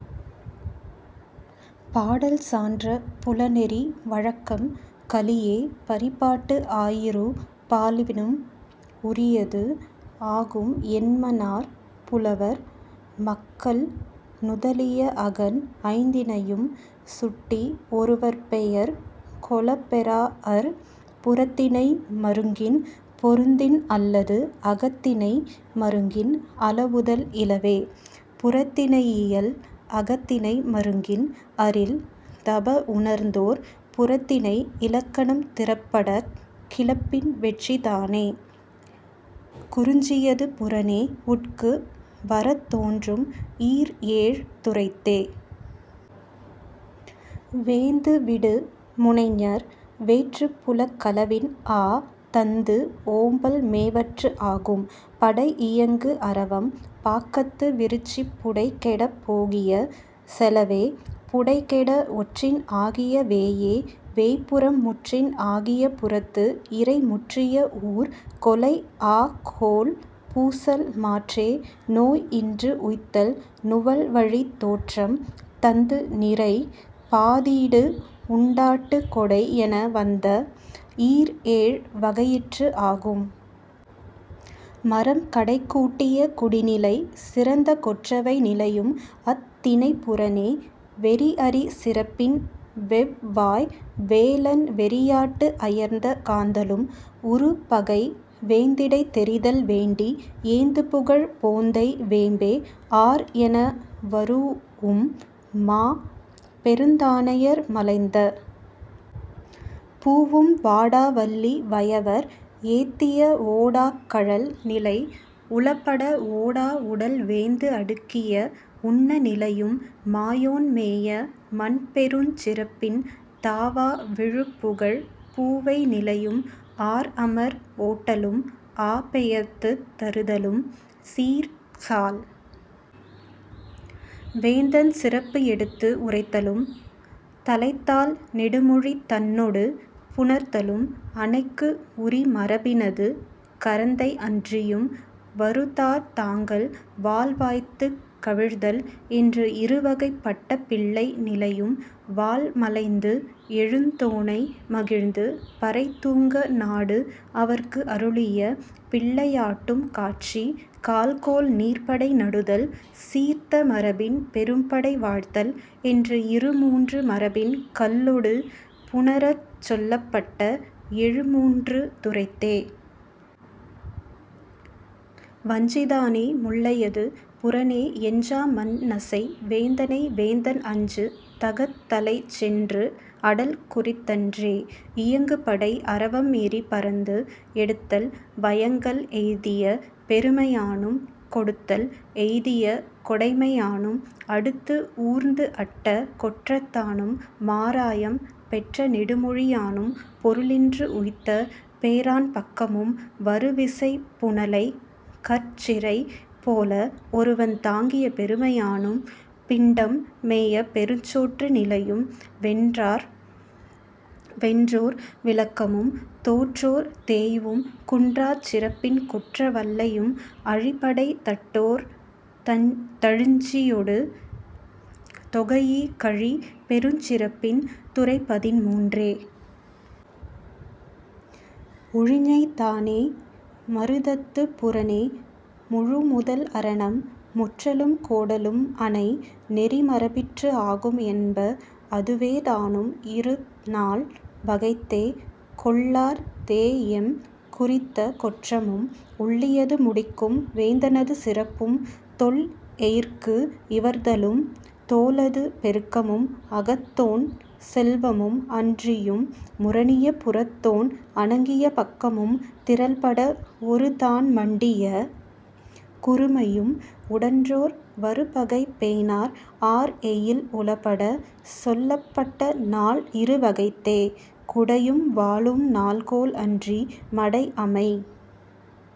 பாடல் சான்ற புலனெறி வழக்கம் கலியே பரிபாட்டு ஆயிரு பாவினும் உரியது ஆகும் என்மனார் புலவர். மக்கள் நுதலிய அகன் ஐந்திணையும் சுட்டி ஒருவர்ப் பெயர் கொளப் பெறாஅர். புறத்திணை மருங்கின் பொருந்தின் அல்லது அகத்திணை மருங்கின் அளவுதல் இலவே.. புறத்திணையியல் அகத்திணை மருங்கின் அரில் தப உணர்ந்தோர் புறத்திணை இலக்கணம் திறப்படக் கிளப்பின் வெட்சிதானே குறிஞ்சியது புறனே உட்கு வரத் தோன்றும் ஈர் ஏழ் துறைத்தே. வேந்து விடு முனைஞர் வேற்றுப் புலக் களவின் ஆ தந்து ஓம்பல் மேவற்று ஆகும். படை இயங்கு அரவம் பாக்கத்து விரிச்சி புடை கெடப் போகிய செலவே புடை கெட ஒற்றின் ஆகிய வேயே வேய்ப்புறம் முற்றின் ஆகிய புறத்து இறை முற்றிய ஊர் கொலை ஆ கோள் பூசல் மாற்றே நோய் இன்று உய்த்தல் நுவல்வழித் தோற்றம் தந்து நிறை பாதீடு உண்டாட்டு கொடை என வந்த ஈர் ஏழ் வகையிற்று ஆகும். மறம் கடைக்கூட்டிய குடிநிலை சிறந்த கொற்றவை நிலையும் அத் திணைப் புறனே. வெறி அறி சிறப்பின் வெவ் வாய் வேலன் வெறியாட்டு அயர்ந்த காந்தளும் உறு பகை வேந்திடை தெரிதல் வேண்டி ஏந்து புகழ் போந்தை வேம்பே ஆர் என வரூஉம் மா பெருந்தானையர் மலைந்த பூவும் வாடா வள்ளி வயவர் ஏத்திய ஓடாக் கழல் நிலை உளப்பட ஓடா உடல் வேந்து அடுக்கிய உன்ன நிலையும் மாயோன் மேய மன் பெருஞ் சிறப்பின் தாவா விழுப் புகழ்ப் பூவை நிலையும் ஆர் அமர் ஓட்டலும் ஆ பெயர்த்துத் தருதலும் சீர் சால் வேந்தன் சிறப்பு எடுத்து உரைத்தலும் தலைத் தாள் நெடுமொழி தன்னொடு புணர்த்தலும் அனைக்கு உரி மரபினது கரந்தை அன்றியும் வரு தார் தாங்கல் வாள் வாய்த்துக் கவிழ்தல் என்று இரு வகைப் பட்ட பிள்ளை நிலையும் வாள் மலைந்து எழுந்தோனை மகிழ்ந்து பறை தூங்க நாடு அவற்கு அருளிய பிள்ளையாட்டும் காட்சி கால்கோள் நீர்ப்படை நடுதல் சீர்த்த மரபின் பெரும்படை வாழ்த்தல் என்று இரு மூன்று மரபின் கல்லொடு புணரச் சொல்லப்பட்ட எழு மூன்று துறைத்தே. வஞ்சிதானே முல்லையது புறனே எஞ்சா மண் நசை வேந்தனை வேந்தன் அஞ்சு தகத் தலைச் சென்று அடல் குறித்தன்றே. இயங்கு படை அரவம் எரி பரந்து எடுத்தல் வயங்கல் எய்திய பெருமையானும் கொடுத்தல் எய்திய கொடைமையானும் அடுத்து ஊர்ந்து அட்ட கொற்றத்தானும் மாராயம் பெற்ற நெடுமொழியானும் பொருளின்று உய்த்த பேராண் பக்கமும் வரு விசைப் புனலைக் கற் சிறை போல ஒருவன் தாங்கிய பெருமையானும் பிண்டம் மேய பெருஞ்சோற்று நிலையும் வென்றோர் விளக்கமும் தோற்றோர் தேய்வும் குன்றாச் சிறப்பின் கொற்ற வள்ளையும் அழி படை தட்டோ ர் தழிஞ்சியொடு தொகைஇ கழி பெருஞ் சிறப்பின் துறை பதின்மூன்றே. உழிஞைதானே மருதத்துப் புறனே முழு முதல் அரணம் முற்றலும் கோடலும் அனை நெறி மரபிற்று ஆகும் என்ப. அதுவேதானும் இரு நால் வகைத்தே. கொள்ளார் தேஎம் குறித்த கொற்றமும் உள்ளியது முடிக்கும் வேந்தனது சிறப்பும் தொல் எயிற்கு இவர்தலும் தோலது பெருக்கமும் அகத்தோன் செல்வமும் அன்றியும் முரணிய புறத்தோன் அணங்கிய பக்கமும் திறல் பட ஒரு தான் மண்டிய குறுமையும் உடன்றோர் வரு பகை பேணார் ஆர் எயில் உளப்பட சொல்லப்பட்ட நால் இரு வகைத்தே. குடையும் வாளும் நாள்கோள் அன்றி மடை அமை